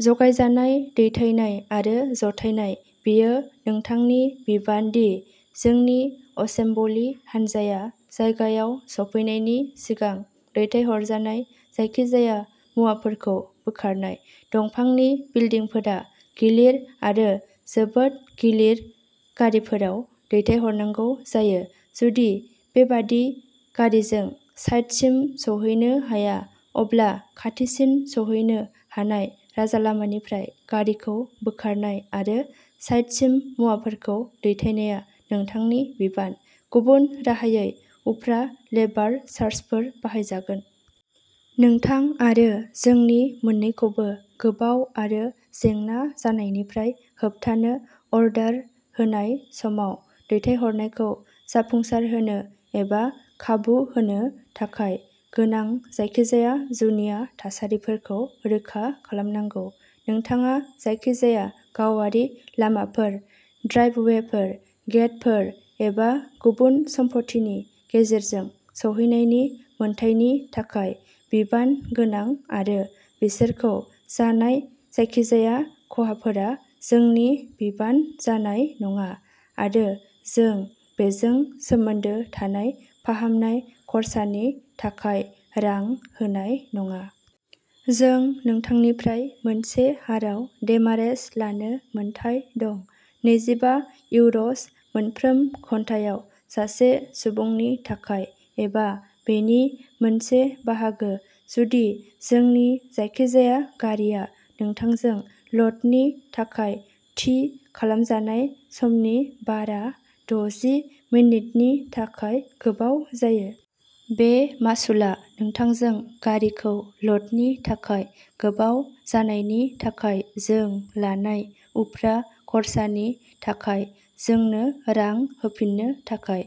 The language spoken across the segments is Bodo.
जगायजानाय दैथायनाय आरो जथायनाय बेयो नोंथांनि बिबान दि जोंनि असेम्बलि हान्जाया जायगायाव सफैनायनि सिगां दैथायहरजानाय जायखिजाया मुवाफोरखौ बोखारनाय। दंफांनि बिल्दिंफोरा गिलिर आरो जोबोद गिदिर गारिफोराव दैथायहरनांगौ जायो। जुदि बेबादि गारिजों साइटसिम सौहैनो हाया, अब्ला खाथिसिन सौहैनो हानाय राजालामानिफ्राय गारिखौ बोखारनाय आरो साइटसिम मुवाफोरखौ दैथायनाया नोंथांनि बिबान, गुबुन राहायै उफ्रा लेबार चार्जफोर बाहायजागोन। नोंथां आरो जोंनि मोननैखौबो गोबाव आरो जेंना जानायनिफ्राय होबथानो अर्डार होनाय समाव दैथायहरनायखौ जाफुंसारहोनो एबा खाबु होनो थाखाय गोनां जायखिजाया जुनिया थासारिफोरखौ रोखा खालामनांगौ। नोंथाङा जायखिजाया गावारि लामाफोर, ड्राइभवेफोर, गेटफोर एबा गुबुन सम्पथिनि गेजेरजों सौहैनायनि मोनथायनि थाखाय बिबान गोनां आरो बिसोरखौ जानाय जायखिजाया खहाफोरा जोंनि बिबान जानाय नङा आरो जों बेजों सोमोन्दो थानाय फाहामनाय खरसानि थाखाय रां होनाय नङा। जों नोंथांनिफ्राय मोनसे हाराव डेमारेज लानो मोन्थाइ दं। नैजिबा इउर’स मोनफ्रोम घन्टायाव सासे सुबुंनि थाखाय, एबा बेनि मोनसे बाहागो, जुदि जोंनि जायखिजाया गारिआ नोंथांजों लदनि थाखाय थि खालामजानाय समनि बारा दजि मिनिटनि थाखाय गोबाव जायो। बे मासुलआ नोंथांजों गारिखौ लदनि थाखाय गोबाव जानायनि थाखाय जों लानाय उफ्रा खरसानि थाखाय जोंनो रां होफिननो थाखाय।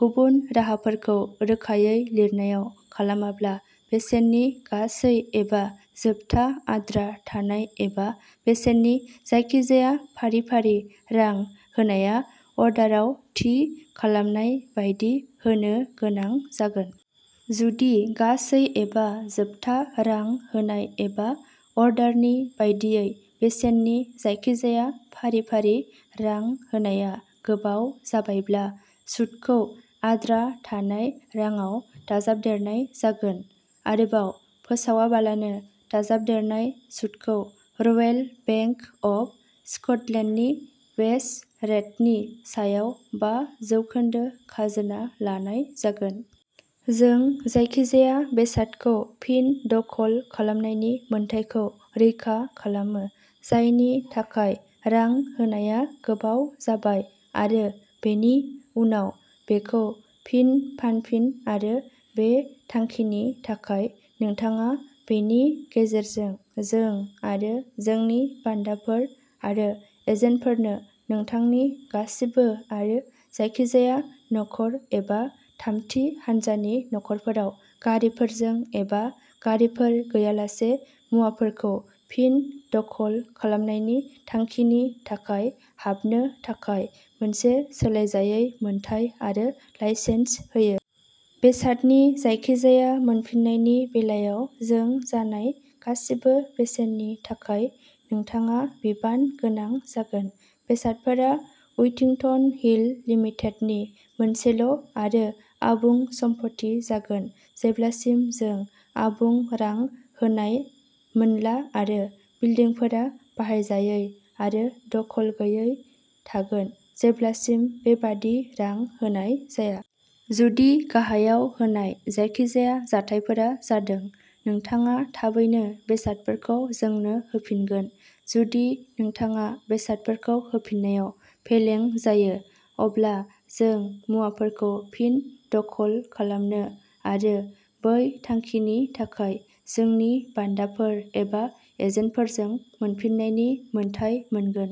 गुबुन राहाफोरखौ रोखायै लिरनायाव खालामाब्ला, बेसेननि गासै एबा जोबथा आद्रा थानाय एबा बेसेननि जायखिजाया फारि-फारि रां होनाया अर्डाराव थि खालामनाय बायदि होनो गोनां जागोन। जुदि गासै एबा जोबथा रां होनाय एबा अर्डारनि बायदियै बेसेननि जायखिजाया फारि-फारि रां होनाया गोबाव जाबायब्ला, सुदखौ आद्रा थानाय राङाव दाजाबदेरनाय जागोन, आरोबाव फोसावालाबानो। दाजाबदेरनाय सुतखौ रयेल बेंक अफ स्कटलेन्डनि बेस रेटनि सायाव बा जौखोनदो खाजोना लानाय जागोन। जों जायखिजाया बेसादखौ फिन दखल खालामनायनि मोन्थाइखौ रैखा खालामो, जायनि थाखाय रां होनाया गोबाव जाबाय आरो बेनि उनाव बेखौ फिन फानफिन आरो बे थांखिनि थाखाय नोंथाङा बेनि गेजेरजों जों आरो जोंनि बान्दाफोर आरो एजेन्टफोरनो नोंथांनि गासिबो आरो जायखिजाया न'खर एबा थामथि हान्जानि न'खरफोराव, गारिफोरजों एबा गारिफोर गैयालासे, मुवाफोरखौ फिन दखल खालामनायनि थांखिनि थाखाय हाबनो थाखाय मोनसे सोलायजायै मोन्थाइ आरो लाइसेन्स होयो। बेसादनि जायखिजाया मोनफिननायनि बेलायाव जों जानाय गासिबो बेसेननि थाखाय नोंथाङा बिबान गोनां जागोन। बेसादफोरा उइथिंटन हिल लिमिटेडनि मोनसेल'आरो आबुं सम्पथि जागोन जेब्लासिम जों आबुं रां होनाय मोनला आरो बिल्दिंफोरा बाहायजायै आरो दखल गैयै थागोन जेब्लासिम बेबादि रां होनाय जाया। जुदि गाहायाव होनाय जायखिजाया जाथायफोरा जादों। नोंथाङा थाबैनो बेसादफोरखौ जोंनो होफिनगोन। जुदि नोंथाङा बेसादफोरखौ होफिननायाव फेलें जायो, अब्ला जों मुवाफोरखौ फिन दखल खालामनो आरो बै थांखिनि थाखाय, जोंनि बान्दाफोर एबा एजेन्टफोरजों, मोनफिननायनि मोनथाय मोनगोन।